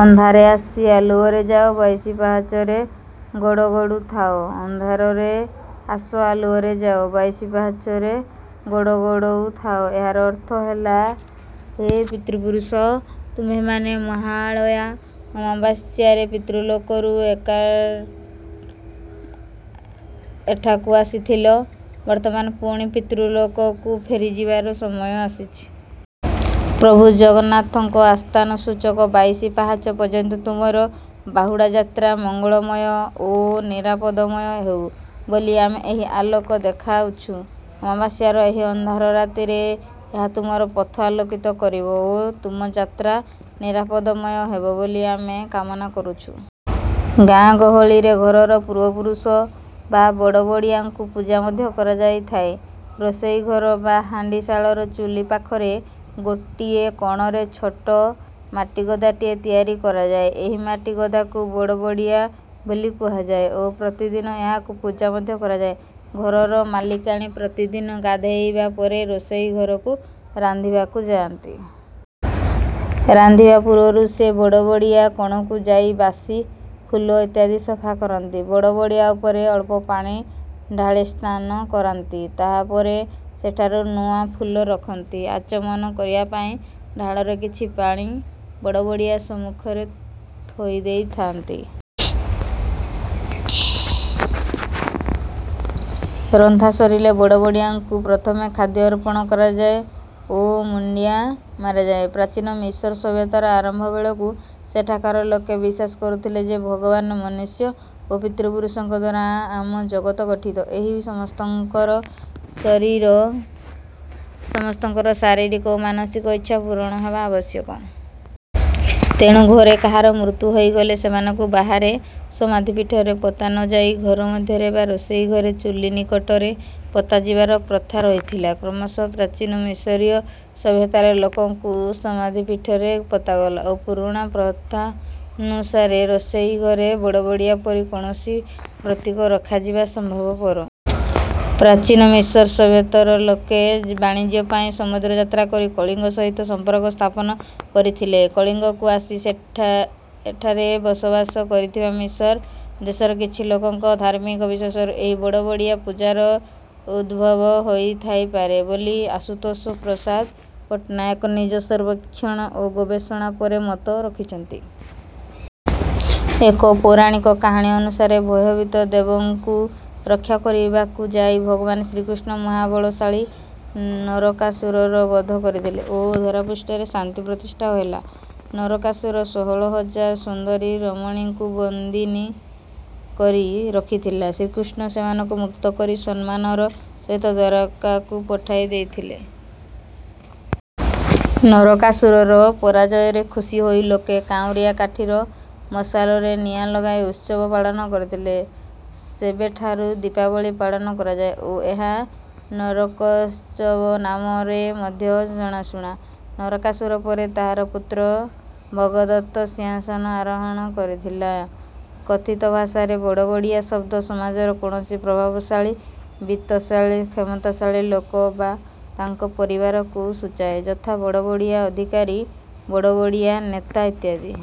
ଅନ୍ଧାରେ ଆସି ଆଲୁଅରେ ଯାଅ। ବାଇଶି ପାହାଚରେ ଗଡ଼ଗଡ଼ୁ ଥାଅ।। ଅନ୍ଧାରରେ ଆସ ଆଲୁଅରେ ଯାଅ। ବାଇଶି ପହାଚେ ଗଡ଼ଗଡ଼ଉ ଥାଅ।। ଏହାର ଅର୍ଥ ହେଲା ହେ ପିତୃପୁରୁଷ। ତୁମ୍ଭେମାନେ ମହାଳୟା ଅମାବାସ୍ୟାରେ ପିତୃଲୋକରୁ ଏଠାକୁ ଆସିଥିଲ। ବର୍ତ୍ତମାନ ପୁଣି ପିତୃଲୋକକୁ ଫେରିଯିବାର ସମୟ ଆସିଛି। ପ୍ରଭୁ ଜଗନ୍ନାଥଙ୍କ ଆସ୍ଥାନ ସୂଚକ ବାଇଶି ପାହାଚ ପର୍ଯ୍ୟନ୍ତ ତୁମର ବାହୁଡ଼ା ଯାତ୍ରା ମଙ୍ଗଳମୟ ଓ ନିରାପଦମୟ ହେଉ ବୋଲି ଆମେ ଏହି ଆଲୋକ ଦେଖାଉଛୁ। ଅମାବାସ୍ୟାର ଏହି ଅନ୍ଧାର ରାତିରେ ଏହା ତୁମର ପଥ ଆଲୋକିତ କରିବ ଓ ତୁମ ଯାତ୍ରା ନିରାପଦମୟ ହେବ ବୋଲି ଆମେ କାମନା କରୁଛୁ। ଗାଁ ଗହଳିରେ ଘରର ପୂର୍ବପୁରୁଷ ବା ବଡ଼ବଡ଼ିଆଙ୍କୁ ପୂଜା ମଧ୍ୟ କରାଯାଇଥାଏ। ରୋଷେଇ ଘର ବା ହାଣ୍ଡିଶାଳର ଚୁଲି ପାଖର ଗୋଟିଏ କୋଣରେ ଛୋଟ ମାଟିଗଦାଟିଏ ତିଆରି କରାଯାଏ। ଏହି ମାଟିଗଦାକୁ ବଡ଼ବଡ଼ିଆ ବୋଲି କୁହାଯାଏ ଓ ପ୍ରତିଦିନ ଏହାକୁ ପୂଜା ମଧ୍ୟ କରାଯାଏ। ଘରର ମାଲିକାଣୀ ପ୍ରତିଦିନ ଗାଧୋଇବା ପରେ ରୋଷେଇ ଘରକୁ ରାନ୍ଧିବାକୁ ଯାଆନ୍ତି। ରାନ୍ଧିବା ପୂର୍ବରୁ ସେ ବଡ଼ବଡ଼ିଆ କୋଣକୁ ଯାଇ ବାସି ଫୁଲ ଇତ୍ୟାଦି ସଫା କରନ୍ତି। ବଡ଼ବଡ଼ିଆ ଉପରେ ଅଳ୍ପ ପାଣି ଢାଳି ସ୍ନାନ କରାନ୍ତି। ତାହା ପରେ ସେଠାରେ ନୂଆ ଫୁଲ ରଖନ୍ତି। ଆଚମନ କରିବା ପାଇଁ ଢାଳରେ କିଛି ପାଣି ବଡ଼ବଡ଼ିଆ ସମ୍ମୁଖରେ ଥୋଇଦେଇଥାନ୍ତି। ରନ୍ଧା ସରିଲେ ବଡ଼ବଡ଼ିଆଙ୍କୁ ପ୍ରଥମେ ଖାଦ୍ୟ ଅର୍ପଣ କରାଯାଏ ଓ ମୁଣ୍ଡିଆ ମରାଯାଏ। ପ୍ରାଚୀନ ମିଶର୍ ସଭ୍ୟତାର ଆରମ୍ଭ ବେଳକୁ ସେଠାକାର ଲୋକେ ବିଶ୍ୱାସ କରୁଥିଲେ ଯେ ଭଗବାନ ମନୁଷ୍ୟ ଓ ପିତୃପୁରୁଷଙ୍କଦ୍ୱାରା ଆମ ଜଗତ ଗଠିତ। ଏହି ସମସ୍ତଙ୍କର ଶାରୀରିକ ଓ ମାନସିକ ଇଚ୍ଛା ପୂରଣ ହେବା ଆବଶ୍ୟକ। ତେଣୁ ଘରେ କାହାର ମୃତ୍ୟୁ ହୋଇଗଲେ ସେମାନଙ୍କୁ ବାହାରେ ସମାଧିପୀଠରେ ପୋତା ନ ଯାଇ ଘର ମଧ୍ୟରେ ବା ରୋଷେଇ ଘରେ ଚୁଲି ନିକଟରେ ପୋତାଯିବାର ପ୍ରଥା ରହିଥଲା। କ୍ରମଶଃ ପ୍ରାଚୀନ ମିଶରୀୟ ସଭ୍ୟତାରେ ଲୋକଙ୍କୁ ସମାଧିପୀଠରେ ପୋତାଗଲା ଓ ପୁରୁଣା ପ୍ରଥାନୁସାରେ ରୋଷେଇ ଘରେ ବଡ଼ବଡ଼ିଆ ପରି କୌଣସି ପ୍ରତୀକ ରଖାଯିବା ସମ୍ଭବପର। ପ୍ରଚୀନ ମିଶର୍ ସଭ୍ୟତର ଲୋକେ ବାଣିଜ୍ୟ ପାଇଁ ସମୁଦ୍ର ଯାତ୍ରା କରି କଳିଙ୍ଗ ସହିତ ସମ୍ପର୍କ ସ୍ଥାପନ କରିଥିଲେ। କଳିଙ୍ଗକୁ ଆସି ଏଠାରେ ବସବାସ କରିଥିବା ମିଶର୍ ଦେଶର କିଛି ଲୋକଙ୍କ ଧାର୍ମିକ ବିଶ୍ୱାସରୁ ଏହି ବଡ଼ବଡ଼ିଆ ପୂଜାର ଉଦ୍ଭବ ହୋଇଥାଇପାରେ ବୋଲି ଆଶୁତୋଷ ପ୍ରସାଦ ପଟ୍ଟନାୟକ ନିଜ ସର୍ବେକ୍ଷଣ ଓ ଗବେଷଣା ପରେ ମତ ରଖିଛନ୍ତି। ଏକ ପୌରାଣିକ କାହାଣୀ ଅନୁସାରେ ଭୟଭୀତ ଦେବଙ୍କୁ ରକ୍ଷା କରିବାକୁ ଯାଇ ଭଗବାନ ଶ୍ରୀକୃଷ୍ଣ ମହାବଳଶାଳୀ ନରକାସୁରର ବଧ କରିଥିଲେ ଓ ଧରାପୃଷ୍ଠରେ ଶାନ୍ତି ପ୍ରତିଷ୍ଠା ହେଲା। ନରକାସୁର ଷୋହଳ ହଜାର ସୁନ୍ଦରୀ ରମଣୀଙ୍କୁ ବନ୍ଦିନୀ କରି ରଖିଥିଲା। ଶ୍ରୀକୃଷ୍ଣ ସେମାନଙ୍କୁ ମୁକ୍ତ କରି ସମ୍ମାନର ସହିତ ଦ୍ୱାରକାକୁ ପଠାଇ ଦେଇଥିଲେ। ନରକାସୁରର ପରାଜୟରେ ଖୁସି ହୋଇ ଲୋକେ କାଉଁରିଆ କାଠିର ମଶାଲରେ ନିଆଁ ଲଗାଇ ଉତ୍ସବ ପାଳନ କରିଥିଲେ। ସେବେଠାରୁ ଦୀପାବଳୀ ପାଳନ କରାଯାଏ ଓ ଏହା ନରକୋତ୍ସବ ନାମରେ ମଧ୍ୟ ଜଣାଶୁଣା। ନରକାସୁର ପରେ ତାହାର ପୁତ୍ର ଭଗଦତ୍ତ ସିଂହାସନ ଆରୋହଣ କରିଥିଲା। କଥିତ ଭାଷାରେ ବଡ଼ବଡ଼ିଆ ଶବ୍ଦ ସମାଜର କୌଣସି ପ୍ରଭାବଶାଳୀ ବିତ୍ତଶାଳୀ କ୍ଷମତାଶାଳୀ ଲୋକ ବା ତାଙ୍କ ପରିବାରକୁ ସୂଚାଏ। ଯଥା ବଡ଼ବଡ଼ିଆ ଅଧିକାରୀ ବଡ଼ବଡ଼ିଆ ନେତା ଇତ୍ୟାଦି।